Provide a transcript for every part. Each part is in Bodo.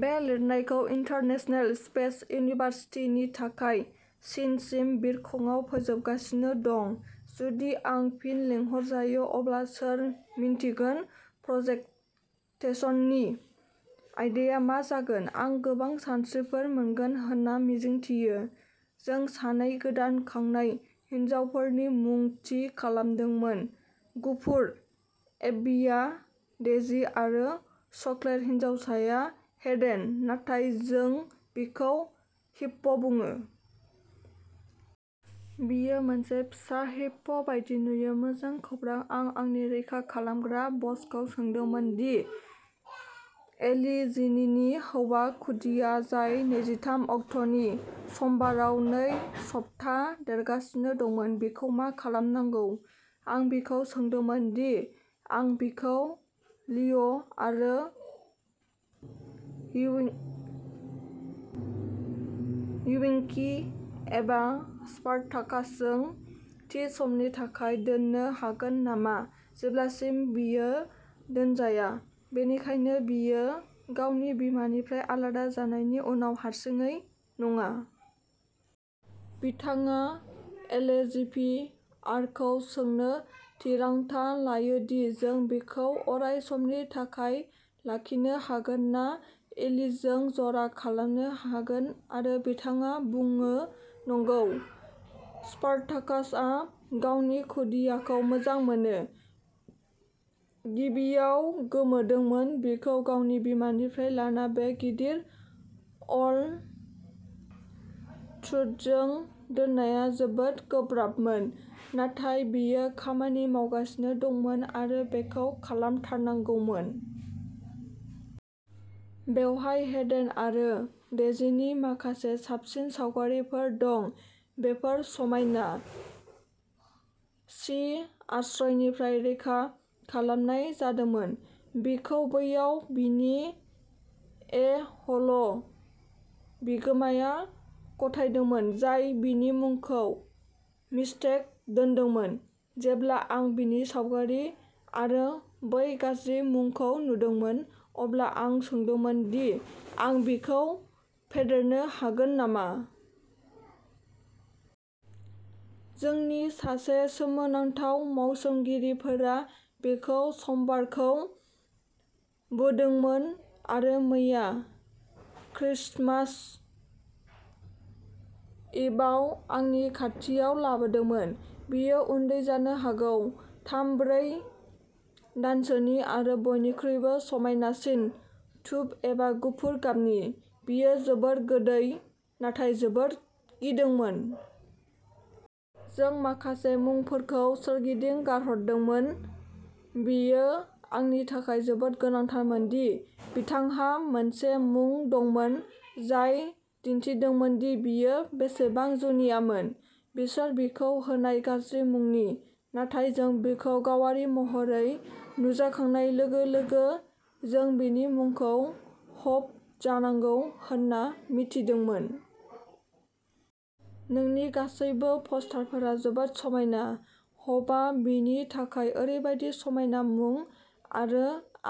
बे लिरनायखौ इन्टारनेशनेल स्पेस इउनिभारसिटिनि थाखाय चीनसिम बिरखंआव फोजोबगासिनो दं, जुदि आं फिन लिंहरजायो, अब्ला सोर मिन्थिगोन प्रेजेन्टेसननि आयदा मा जागोन। आं गोबां सानस्रिफोर मोनगोन होनना मिजिंथियो। जों सानै गोदान खांनाय हिनजावफोरनि मुं थि खालामदोंमोन, गुफुर एब्बीआ डेजी आरो चकलेट हिनजावसाया हेडेन, नाथाय जों बिखौ हिप्प'बुङो। बियो मोनसे फिसा हिप्प'बायदि नुयो। मोजां खौरां!! आं आंनि रैखा खालामग्रा बसखौ सोंदोंमोन दि एलि, जिनिनि हौवा खुदिया, जाय नैजिथाम अक्ट'नि समबाराव नै सप्ता देरगासिनो दंमोन, बिखौ मा खालामनांगौ। आं बिखौ सोंदोंमोन दि आं बिखौ लिअ'आरो विंकी एबा स्पार्टाकासजों थि समनि थाखाय दोननो हागोन नामा जेब्लासिम बियो दोनजाया, बेनिखायनो बियो गावनि बिमानिफ्राय आलादा जानायनि उनाव हारसिङै नङा। बिथाङा एलएजीपीआरखौ सोंनो थिरांथा लायो दि जों बिखौ अराय समनि थाखाय लाखिनो हागोन ना एलीजों जरा खालामनो हागोन आरो बिथाङा बुङो नंगौ!! स्पार्टाकासआ गावनि खुदियाखौ मोजां मोनो। गिबियाव गोमोदोंमोन, बिखौ गावनि बिमानिफ्राय लाना बे गिदिर अल डूडजों दोननाया जोबोद गोब्राबमोन, नाथाय बेयो खामानि मावगासिनो दंमोन आरो बेखौ खालामथारनांगौमोन। बेवहाय हेडेन आरो डेजीनि माखासे साबसिन सावगारिफोर दं। बेफोर समायना!! चि. आश्रयनिफ्राय रैखा खालामनाय जादोंमोन। बिखौ बैयाव बिनि ए-ह'ल बिगोमाया गथायदोंमोन, जाय बिनि मुंखौ मिस्टेक दोन्दोंमोन। जेब्ला आं बिनि सावगारि आरो बै गाज्रि मुंखौ नुदोंमोन, अब्ला आं सोंदोंमोन दि आं बिखौ फेदेरनो हागोन नामा। जोंनि सासे सोमोनांथाव मावसोमगिरिफोरा बिखौ समबारखौ बोदोंमोन आरो मैया, क्रिसमास इभआव आंनि खाथियाव लाबोदोंमोन। बियो उन्दै, जानो हागौ थाम-ब्रै दानसोनि आरो बयनिख्रुइबो समायनासिन टुप आरो गुफुर गाबनि। बियो जोबोद गोदै नाथाय जोबोद गिदोंमोन। जों माखासे मुंफोरखौ सोरगिदिं गारहरदोंमोन, बेयो आंनि थाखाय जोबोद गोनांथारमोन दि बिथांहा मोनसे मुं दंमोन जाय दिन्थिदोंमोन दि बियो बेसेबां जुनियामोन। बिसोर बिखौ होनाय गाज्रि मुंनि, नाथाय जों बिखौ गावारि महरै नुजाखांनाय लोगो-लोगो जों बिनि मुंखौ हप जानांगौ होनना मिथिदोंमोन। नोंनि गासैबो फस्टारफोरा जोबोद समायना! हपआ बिनि थाखाय ओरैबायदि समायना मुं, आरो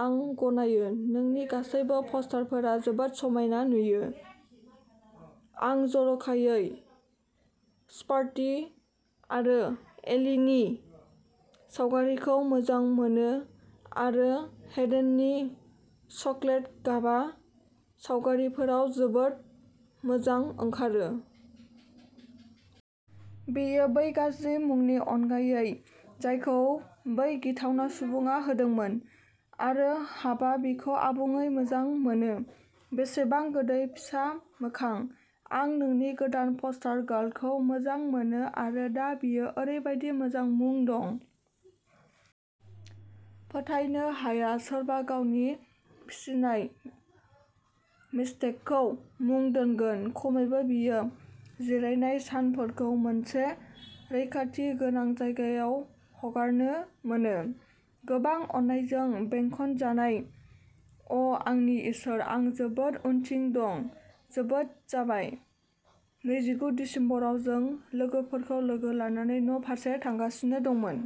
आं गनायो, नोंनि गासैबो फस्टारफोरा जोबोद समायना नुयो। आं जर'खायै स्पार्टि आरो एलिनि सावगारिखौ मोजां मोनो आरो हेडेननि चकलेट गाबआ सावगारिफोराव जोबोद मोजां ओंखारो। बेयो बै गाज्रि मुंनि अनगायै जायखौ बै गिथावना सुबुङा होदोंमोन, आरो हपआ बिखौ आबुङै मोजां मोनो। बेसेबां गोदै फिसा मोखां! आं नोंनि गोदान फस्टार गार्लखौ मोजां मोनो आरो दा बियो ओरैबायदि मोजां मुं दं। फोथायनो हाया सोरबा गावनि फिसिनाय मिस्टेकखौ मुं दोनगोन। खमैबो बियो जिरायनाय सानफोरखौ मोनसे रैखाथि गोनां जायगायाव हगारनो मोनो, गोबां अननायजों बेंखनजानाय! अ'आंनि इसोर, आं जोबोद उनथिं दं, जोबोद जाबाय! नैजिगु दिसेम्बराव जों लोगोफोरखौ लोगो लानानै न'फारसे थांगासिनो दंमोन।